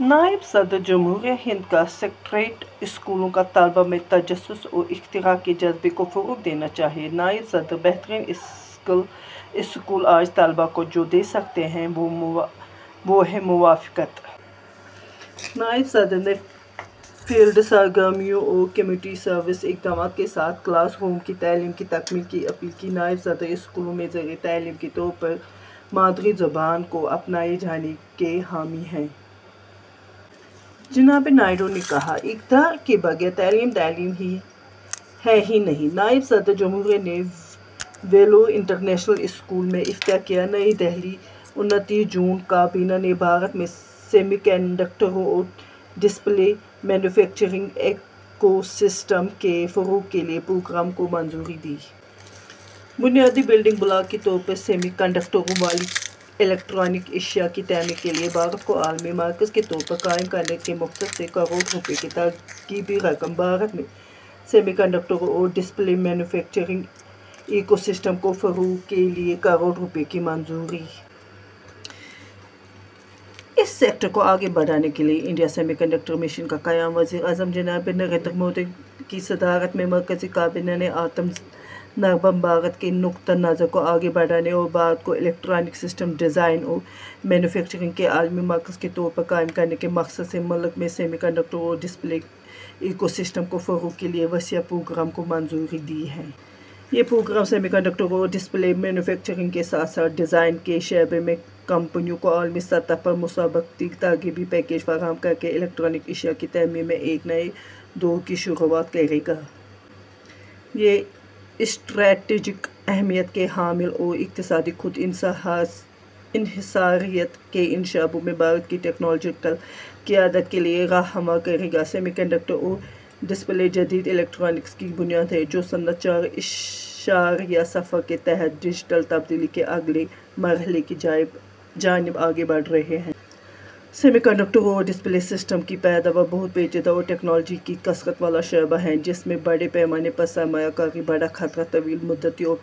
نائب صدر جمہوریہ ہند کا سیکریٹریٹ اسکولوں کو طلبہ میں تجسس اور اختراع کے جذبے کو فروغ دینا چاہیے: نائب صدر۔ ’بہترین اسکل اسکول آج طلباء کو جو دے سکتے ہیں، وہ ہے موافقت۔‘ نائب صدر نے فیلڈ سرگرمیوں اور کمیونٹی سروس اقدامات کے ساتھ کلاس روم کی تعلیم کی تکمیل کی اپیل کی۔ نائب صدر اسکولوں میں ذریعۂ تعلیم کے طور پر مادری زبان کو اپنائے جانے کے حامی ہیں۔ جناب نائیڈو نے کہا، ’اقدار کے بغیر تعلیم، تعلیم ہے ہی نہیں۔‘ نائب صدر جمہوریہ نے ویلور انٹرنیشنل اسکول کا افتتاح کیا۔ نئی دہلی، انتیس جون۔ کابینہ نے بھارت میں سیمی کنڈکٹروں اور ڈسپلے مینوفیکچرنگ ایکو سسٹم کے فروغ کے لیے پروگرام کو منظوری دی۔ بنیادی بلڈنگ بلاک کے طور پر سیمی کنڈکٹروں والی الیکٹرانک اشیاء کی تعمیر کے لیے بھارت کو عالمی مرکز کے طور پر قائم کرنے کے مقصد سے کروڑ روپے کی ترغیبی رقم۔ بھارت میں سیمی کنڈکٹروں اور ڈسپلے مینوفیکچرنگ ایکو سسٹم کے فروغ کے لیے کروڑ روپے کی منظوری۔ اس سیکٹر کو آگے بڑھانے کے لیے انڈیا سیمی کنڈکٹر مشن کا قیام۔ وزیر اعظم جناب نریندر مودی کی صدارت میں مرکزی کابینہ نے آتم نربھر بھارت کے نقطۂ نظر کو آگے بڑھانے اور بھارت کو الیکٹرانک سسٹم ڈیزائن اور مینوفیکچرنگ کے عالمی مرکز کے طور پر قائم کرنے کے مقصد سے، ملک میں سیمی کنڈکٹروں اور ڈسپلے ایکو سسٹم کے فروغ کے لیے وسیع پروگرام کو منظوری دی ہے۔ یہ پروگرام سیمی کنڈکٹروں اور ڈسپلے مینوفیکچرنگ کے ساتھ ساتھ ڈیزائن کے شعبے میں کمپنیوں کو عالمی سطح پر مسابقتی ترغیبی پیکیج فراہم کرکے الیکٹرانک اشیاء کی تعمیر میں ایک نئے دور کی شروعات کرے گا۔ یہ اسٹریٹجک اہمیت کے حامل اور اقتصادی خود انحصاریت کے ان شعبوں میں بھارت کی ٹیکنالوجیکل قیادت کے لیے راہ ہموار کرے گا۔ سیمی کنڈکٹر اور ڈسپلے جدید الیکٹرانکس کی بنیاد ہیں، جو صنعت چار اعشاریہ صفر کے تحت ڈیجیٹل تبدیلی کے اگلے مرحلے کی جانب آگے بڑھ رہے ہیں۔ سیمی کنڈکٹروں اور ڈسپلے سسٹم کی پیداوار بہت پیچیدہ اور ٹیکنالوجی کی کثرت والا شعبہ ہے، جس میں بڑے پیمانے پر سرمایہ کاری، بڑا خطرہ، طویل مدتی اور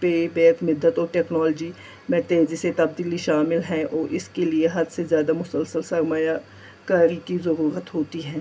پے بیک مدت اور ٹیکنالوجی میں تیزی سے تبدیلی شامل ہیں اور اس کے لیے حد سے زیادہ اور مسلسل سرمایہ کاری کی ضرورت ہوتی ہے۔